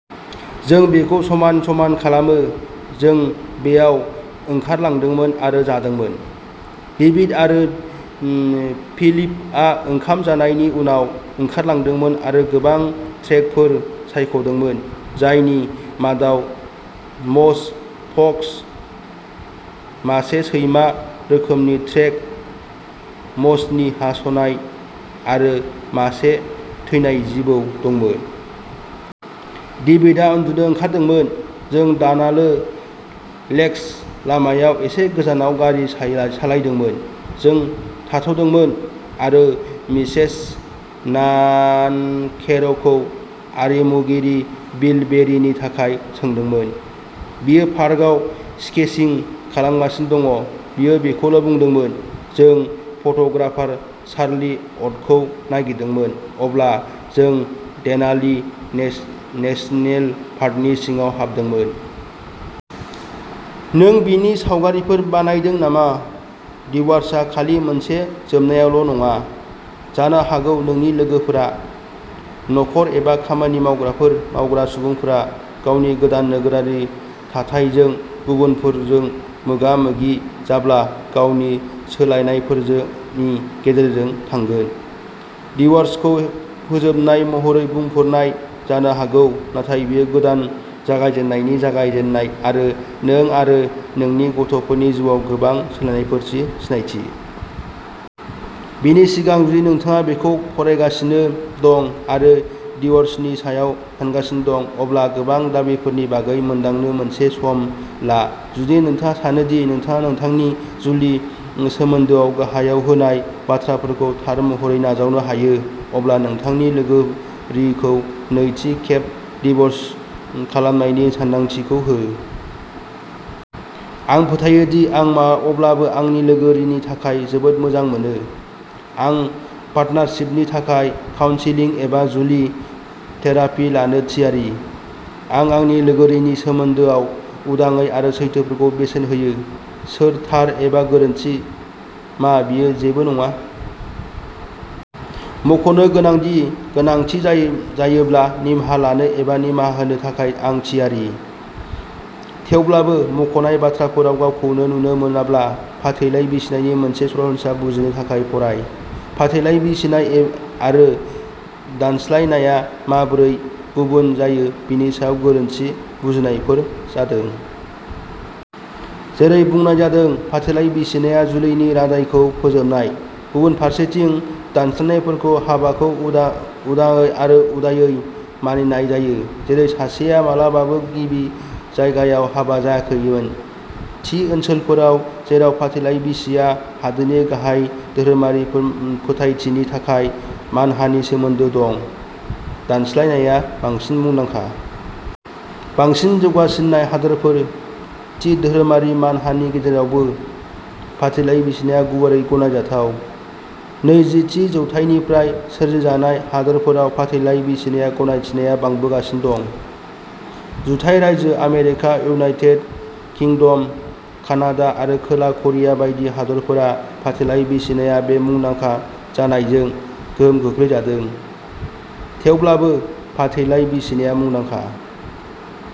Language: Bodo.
जों बेखौ समान-समान खालामो। जों बैयाव ओंखारलांदोंमोन आरो जादोंमोन। डेभिड आरो फिलिपआ ओंखाम जानायनि उनाव ओंखारलांदोंमोन आरो गोबां ट्रेकफोर सायख'दोंमोन, जायनि मादाव मोस, फक्स, मासे सैमा रोखोमनि ट्रेक, मोसनि हास'नाय आरो मासे थैनाय जिबौ दंमोन। डेभिडआ उन्दुनो ओंखारदोंमोन। जों दानाली लेकस लामायाव एसे गोजानाव गारि सालायदोंमोन। जों थाद'दोंमोन आरो मिसेस नानकेर'खौ आरिमुगिरि बिल बेरिनि थाखाय सोंदोंमोन। बियो पार्कआव स्केचिं खालामगासिनो दं बियो बेखौल' बुंदोंमोन। जों फट'ग्राफार चार्ली अटखौ नागिरदोंमोन जेब्ला जों देनाली नेशनल पार्कनि सिङाव हाबदोंमोन। नों बेनि सावगारिफोर बानायदों नामा? डिव'र्सआ खालि मोनसे जोबनायल' नङा। जानो हागौ नोंनि लोगोफोरा। न'खर एबा खामानि मावग्रा सुबुंफोरा गावनि गोदान नोगोरारि थाथायजों गुबुनफोरजों मोगा मोगि जाब्ला गावनि सोलायनायफोरनि गेजेरजों थांगोन। डिव'र्सखौ फोजोबनाय महरै बुंफोरनाय जानो हागौ, नाथाय बेयो गोदान जागायजेन्नायनि जागायजेन्नाय आरो नों आरो नोंनि गथ'फोरनि जिउआव गोबां सोलायनायफोरनि सिनायथि। बेनि सिगां, जुदि नोंथाङा बेखौ फरायगासिनो दं आरो डिव'र्सनि सायाव सानगासिनो दं, अब्ला गोबां दाबिफोरनि बागै मोनदांनो मोनसे सम ला। जुदि नोंथाङा सानो दि नोंथाङा नोंथांनि जुलि सोमोन्दोआव गाहायाव होनाय बाथ्राफोरखौ थार महरै नाजावनो हायो, अब्ला नोंथांनि लोगोरिखौ नैथि खेब डिव'र्स खालामनायनि सानदांथिखौ हो। आं फोथायो दि आं अब्लाबो आंनि लोगोरिनि थाखाय जोबोद मोजां मोनो। आं पार्टनारशिपनि थाखाय काउन्सेलिं एबा जुलि थेरापि लानो थियारि। आं आंनि लोगोरिनि सोमोन्दोआव उदाङै आरो सैथोथिखौ बेसेन होयो। सोर थार एबा गोरोन्थि, मा बेयो जेबो नङा। मखनो गोनांदि, गोनांथि जायोब्ला निमाहा लानो एबा निमाहा होनो थाखाय आं थियारि। थेवब्लाबो, मख'नाय बाथ्राफोराव गावखौनो नुनो मोनाब्ला, फाथैलाइ बिसिनायनि मोनसे सरासनस्रा बुजिनो थाखाय फराय। फाथैलाइ बिसिनाय आरो दानस्लायनायआ माबोरै गुबुन जायो बेनि सायाव गोरोन्थि बुजिनायफोर जादों। जेरै बुंनाय जादों, फाथैलाइ बिसिनाया जुलिनि रादायखौ फोजोबनाय। गुबुन फारसेथिं, दानस्लायनायखौ हाबाखौ उदायै आरो उदायै मानिनाय जायो, जेरै सासेया माब्लाबाबो गिबि जायगायाव हाबा जायाखैमोन। थि ओनसोलफोराव जेराव फाथैलाइ बिसिया हादोरनि गाहाय धोरोमारि फोथायथिनि थाखाय मानहानि सोमोन्दो दं, दानस्लायनायआ बांसिन मुंदांखा। बांसिन जौगासिननाय हादोरफोर, थि धोरोमारि मानहानि गेजेरावबो, फाथैलाइ बिसिया गुवारै गनायजाथाव। नैजि थि जौथायनिफ्राय सोरजिजानाय हादोरफोराव फाथैलाइ बिसिनाया गनायथिया बांबोगासिनो दं। जुथाइ रायजो आमेरिका, इउनाइटेड किंडम, कानाडा आरो खोला करिया बायदि हादोरफोरा फाथैलाइ बिसिनाया बे मुंदांखा जानायजों गोहोम खोख्लैजादों। थेवब्लाबो, फाथैलाइ बिसिनाया मुंदांखा।